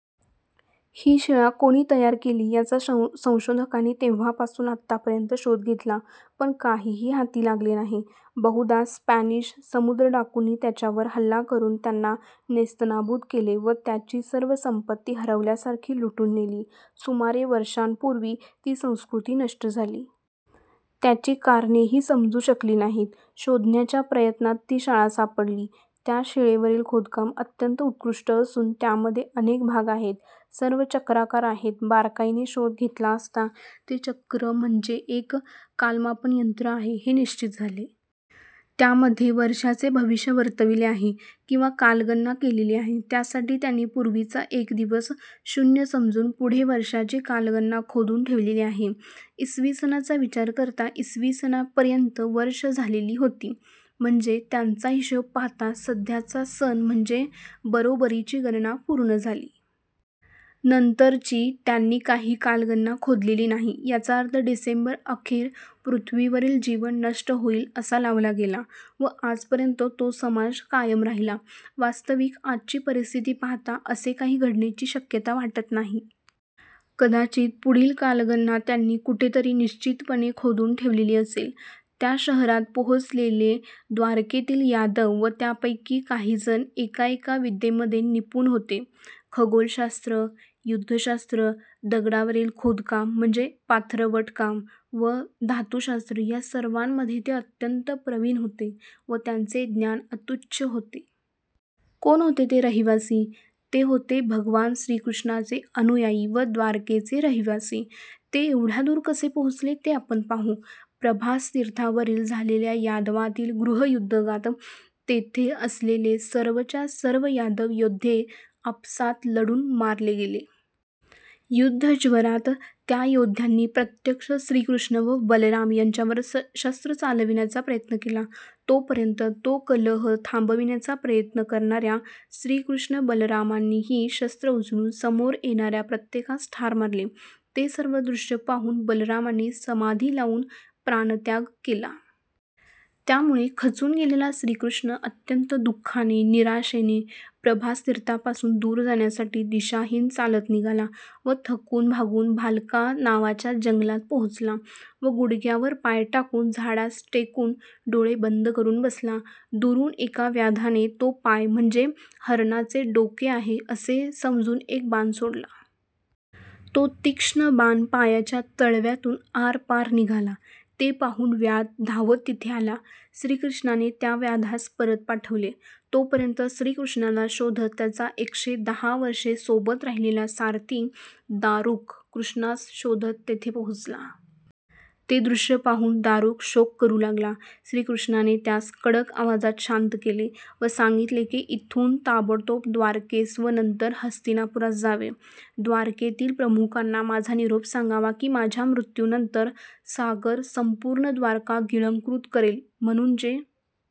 ही शिळा कोणी तयार केली याचा संशोधकांनी तेव्हापासून आत्तापर्यंत शोध घेतला पण काहीही हाती लागले नाही. बहुदा स्पॅनिश समुद्रडाकूंनी त्याच्यावर हल्ला करून त्यांना नेस्तनाबूत केले व त्याची सर्व संपत्ती खरवल्यासारखी लुटून नेली. सुमारे वर्षांपूर्वी ती संस्कृती नष्ट झाली. त्याची कारणेही समजू शकली नाहीत. शोधण्याच्या प्रयत्नात ती शाळा सापडली. त्या शिळेवरील खोदकाम अत्यंत उत्कृष्ट असून त्यामध्ये अनेक भाग आहेत. सर्व चक्राकार आहेत. बारकाईने शोध घेतला असता ते चक्र म्हणजे एक कालमापन यंत्र आहे हे निश्चित झाले. त्यामध्ये वर्षाचे भविष्य वर्तविले आहे किंवा कालगणना केलेली आहे. त्यासाठी त्यांनी पूर्वीचा एक दिवस शून्य समजून पुढे वर्षाची कालगणना खोदून ठेवलेली आहे. इसवीसनाचा विचार करता इसवीसनापर्यंत वर्ष झालेली होती. म्हणजे त्यांचा हिशोब पाहता सध्याचा सन म्हणजे बरोबरची गणना पूर्ण झाली. नंतरची त्यांनी काही कालगणना खोदलेली नाही याचा अर्थ डिसेंबर अखेर पृथ्वीवरील जीवन नष्ट होईल असा लावला गेला व आजपर्यंत तो समाज कायम राहिला. वास्तविक आजची परिस्थिती पाहता असे काही घडण्याची शक्यता वाटत नाही. कदाचित पुढील कालगणना त्यांनी कुठेतरी निश्चितपणे खोदून ठेवलेली असेल. त्या शहरात पोहोचलेले द्वारकेतील यादव व त्यापैकी काहीजण एका एका विद्येमध्ये निपुण होते. खगोलशास्त्र, युद्धशास्त्र, दगडावरील खोदकाम म्हणजे पाथरवट काम व धातुशास्त्र या सर्वांमध्ये ते अत्यंत प्रवीण होते व त्यांचे ज्ञान अत्युच्च होते. कोण होते ते रहिवासी? ते होते भगवान श्रीकृष्णाचे अनुयायी व द्वारकेचे रहिवासी! ते एवढ्या दूर कसे पोहोचले ते आपण पाहू. प्रभास तीर्थावरील झालेल्या यादवातील गृहयुद्धात तेथे असलेले सर्वच्या सर्व यादव योद्धे आपसात लढून मारले गेले. युद्धज्वरात त्या योद्ध्यांनी प्रत्यक्ष श्रीकृष्ण व बलराम यांच्यावर शस्त्र चालविण्याचा प्रयत्न केला तोपर्यंत तो कलह थांबविण्याचा प्रयत्न करणाऱ्या श्रीकृष्ण बलरामांनीही शस्त्र उचलून समोर येणाऱ्या प्रत्येकास ठार मारले. ते सर्व दृश्य पाहून बलरामांनी समाधी लावून प्राणत्याग केला. त्यामुळे खचून गेलेला श्रीकृष्ण अत्यंत दुःखाने, निराशेने प्रभास तीर्थापासून दूर जाण्यासाठी दिशाहीन चालत निघाला व थकून भागून भालका नावाच्या जंगलात पोहोचला व गुडघ्यावर पाय टाकून झाडास टेकून डोळे बंद करून बसला. दुरून एका व्याधाने तो पाय म्हणजे हरणाचे डोके आहे असे समजून एक बाण सोडला. तो तीक्ष्ण बाण पायाच्या तळव्यातून आरपार निघाला. ते पाहून व्याध धावत तिथे आला. श्रीकृष्णाने त्या व्याध्यास परत पाठवले. तोपर्यंत श्रीकृष्णाला शोधत त्याचा एकशे दहा वर्षे सोबत राहिलेला सारथी दारुक कृष्णास शोधत तेथे पोहोचला. ते दृश्य पाहून दारूक शोक करू लागला. श्रीकृष्णाने त्यास कडक आवाजात शांत केले व सांगितले की येथून ताबडतोब द्वारकेस व नंतर हस्तिनापुरास जावे. द्वारकेतील प्रमुखांना माझा निरोप सांगावा की माझ्या मृत्यूनंतर सागर संपूर्ण द्वारका गिळंकृत करेल. म्हणून जे